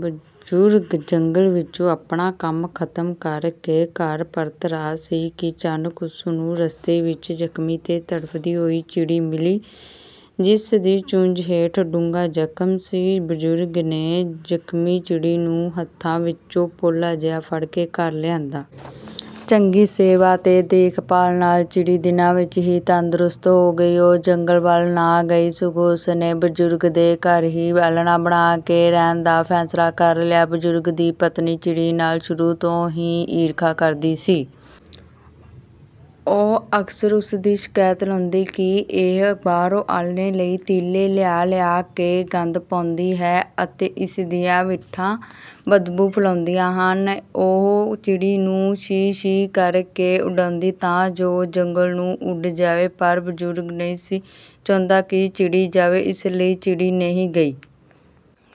ਬਜ਼ੁਰਗ ਜੰਗਲ ਵਿੱਚੋਂ ਆਪਣਾ ਕੰਮ ਖ਼ਤਮ ਕਰ ਕੇ ਘਰ ਪਰਤ ਰਿਹਾ ਸੀ ਕਿ ਅਚਾਨਕ ਉਸ ਨੂੰ ਰਸਤੇ ਵਿੱਚ ਜ਼ਖ਼ਮੀ ਤੇ ਤੜਫਦੀ ਹੋਈ ਚਿੜੀ ਮਿਲੀ, ਜਿਸ ਦੀ ਚੁੰਝ ਹੇਠ ਡੂੰਘਾ ਜ਼ਖ਼ਮ ਸੀ। ਬਜ਼ੁਰਗ ਨੇ ਜ਼ਖ਼ਮੀ ਚਿੜੀ ਨੂੰ ਹੱਥਾਂ ਵਿੱਚ ਪੋਲਾ ਜਿਹਾ ਫੜ ਕੇ ਘਰ ਲਿਆਂਦਾ। ਚੰਗੀ ਸੇਵਾ ਤੇ ਦੇਖ-ਭਾਲ ਨਾਲ ਚਿੜੀ ਦਿਨਾਂ ਵਿੱਚ ਹੀ ਤੰਦਰੁਸਤ ਹੋ ਗਈ। ਉਹ ਜੰਗਲ ਵੱਲ ਨਾ ਗਈ, ਸਗੋਂ ਉਸ ਨੇ ਬਜ਼ੁਰਗ ਦੇ ਘਰ ਹੀ ਆਲ੍ਹਣਾ ਬਣਾ ਕੇ ਰਹਿਣ ਦਾ ਫ਼ੈਸਲਾ ਕਰ ਲਿਆ। ਬਜ਼ੁਰਗ ਦੀ ਪਤਨੀ ਚਿੜੀ ਨਾਲ ਸ਼ੁਰੂ ਤੋਂ ਹੀ ਈਰਖ਼ਾ ਕਰਦੀ ਸੀ। ਉਹ ਅਕਸਰ ਉਸ ਦੀ ਸ਼ਿਕਾਇਤ ਲਾਉਂਦੀ ਕਿ ਇਹ ਬਾਹਰੋਂ ਆਲ੍ਹਣੇ ਲਈ ਤੀਲੇ ਲਿਆ-ਲਿਆ ਕੇ ਗੰਦ ਪਾਉਂਦੀ ਹੈ ਅਤੇ ਇਸ ਦੀਆਂ ਵਿੱਠਾਂ ਬਦਬੂ ਫੈਲਾਉਂਦੀਆਂ ਹਨ। ਉਹ ਚਿੜੀ ਨੂੰ 'ਸ਼ੀ-ਸ਼ੀ' ਕਰ ਕੇ ਉਡਾਉਂਦੀ ਤਾਂ ਜੋ ਉਹ ਜੰਗਲ ਨੂੰ ਉੱਡ ਜਾਵੇ, ਪਰ ਬਜ਼ੁਰਗ ਨਹੀਂ ਸੀ ਚਾਹੁੰਦਾ ਕਿ ਚਿੜੀ ਜਾਵੇ, ਇਸ ਲਈ ਚਿੜੀ ਨਾ ਗਈ।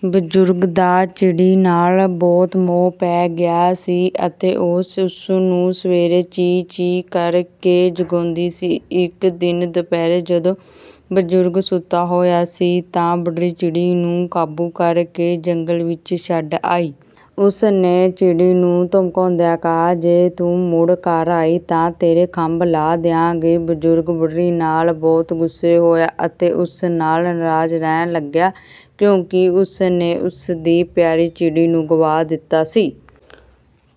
ਬਜ਼ੁਰਗ ਦਾ ਚਿੜੀ ਨਾਲ ਬਹੁਤ ਮੋਹ ਪੈ ਗਿਆ ਸੀ ਅਤੇ ਉਹ ਉਸ ਨੂੰ ਸਵੇਰੇ 'ਚੀਂ-ਚੀਂ' ਕਰ ਕੇ ਜਗਾਉਂਦੀ ਸੀ। ਇੱਕ ਦਿਨ ਦੁਪਹਿਰੇ ਜਦੋਂ ਬਜ਼ੁਰਗ ਸੁੱਤਾ ਹੋਇਆ ਸੀ, ਤਾਂ ਬੁੱਢੜੀ ਚਿੜੀ ਨੂੰ ਕਾਬੂ ਕਰ ਕੇ ਜੰਗਲ ਵਿੱਚ ਛੱਡ ਆਈ। ਉਸ ਨੇ ਚਿੜੀ ਨੂੰ ਧਮਕਾਉਂਦਿਆਂ ਕਿਹਾ ਕਿ ਜੇ ਤੂੰ ਮੁੜ ਘਰ ਆਈ ਤਾਂ ਮੈਂ ਤੇਰੇ ਖੰਭ ਲਾਹ ਦਿਆਂਗੀ। ਬਜ਼ੁਰਗ ਬੁੱਢੜੀ ਨਾਲ ਬਹੁਤ ਗੁੱਸੇ ਹੋਇਆ ਅਤੇ ਉਸ ਨਾਲ ਨਾਰਾਜ਼ ਰਹਿਣ ਲੱਗਿਆ, ਕਿਉਂਕਿ ਉਸ ਨੇ ਉਸ ਦੀ ਪਿਆਰੀ ਚਿੜੀ ਨੂੰ ਗੁਆ ਦਿੱਤਾ ਸੀ।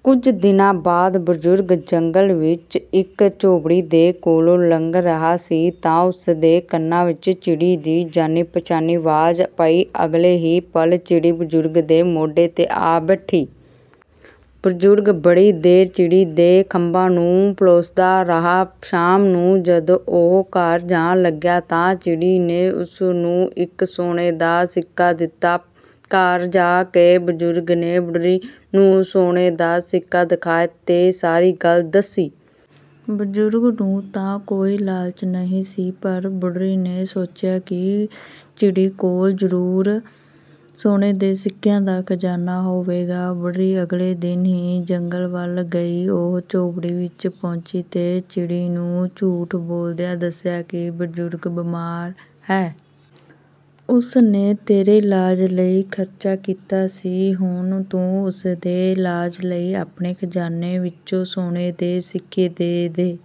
ਕੁਝ ਦਿਨਾਂ ਬਾਅਦ, ਬਜ਼ੁਰਗ ਜੰਗਲ ਵਿੱਚ ਇੱਕ ਝੌਂਪੜੀ ਦੇ ਕੋਲੋਂ ਲੰਘ ਰਿਹਾ ਸੀ ਤਾਂ ਉਸ ਦੇ ਕੰਨਾਂ ਵਿੱਚ ਚਿੜੀ ਦੀ ਜਾਣੀ-ਪਛਾਣੀ ਮਿੱਠੀ ਆਵਾਜ਼ ਪਈ। ਅਗਲੇ ਹੀ ਪਲ਼ ਚਿੜੀ ਬਜ਼ੁਰਗ ਦੇ ਮੋਢੇ 'ਤੇ ਆ ਬੈਠੀ। ਬਜ਼ੁਰਗ ਬੜੀ ਦੇਰ ਚਿੜੀ ਦੇ ਖੰਭਾਂ ਨੂੰ ਪਲੋਸਦਾ ਰਿਹਾ। ਸ਼ਾਮ ਨੂੰ ਜਦੋਂ ਉਹ ਘਰ ਜਾਣ ਲੱਗਿਆ ਤਾਂ ਚਿੜੀ ਨੇ ਉਸ ਨੂੰ ਇੱਕ ਸੋਨੇ ਦਾ ਸਿੱਕਾ ਦਿੱਤਾ। ਘਰ ਜਾ ਕੇ ਬਜ਼ੁਰਗ ਨੇ ਬੁੱਢੜੀ ਨੂੰ ਸੋਨੇ ਦਾ ਸਿੱਕਾ ਦਿਖਾਇਆ ਤੇ ਸਾਰੀ ਗੱਲ ਦੱਸੀ। ਬਜ਼ੁਰਗ ਨੂੰ ਤਾਂ ਕੋਈ ਲਾਲਚ ਨਹੀਂ ਸੀ, ਪਰ ਬੁੱਢੜੀ ਨੇ ਸੋਚਿਆ ਕਿ ਚਿੜੀ ਕੋਲ ਜ਼ਰੂਰ ਸੋਨੇ ਦੇ ਸਿੱਕਿਆਂ ਦਾ ਖ਼ਜ਼ਾਨਾ ਹੋਵੇਗਾ। ਬੁੱਢੜੀ ਅਗਲੇ ਹੀ ਦਿਨ ਜੰਗਲ ਵੱਲ ਗਈ। ਉਹ ਝੌਂਪੜੀ ਵਿੱਚ ਪਹੁੰਚੀ ਤੇ ਚਿੜੀ ਨੂੰ ਝੂਠ ਬੋਲਦਿਆਂ ਦੱਸਿਆ ਕਿ ਬਜ਼ੁਰਗ ਬੀਮਾਰ ਹੈ। ਉਸ ਨੇ ਤੇਰੇ ਇਲਾਜ ਲਈ ਖ਼ਰਚਾ ਕੀਤਾ ਸੀ, ਹੁਣ ਤੂੰ ਉਸ ਦੇ ਇਲਾਜ ਲਈ ਆਪਣੇ ਖ਼ਜ਼ਾਨੇ ਵਿੱਚੋਂ ਸੋਨੇ ਦੇ ਸਿੱਕੇ ਦੇ ਦੇ।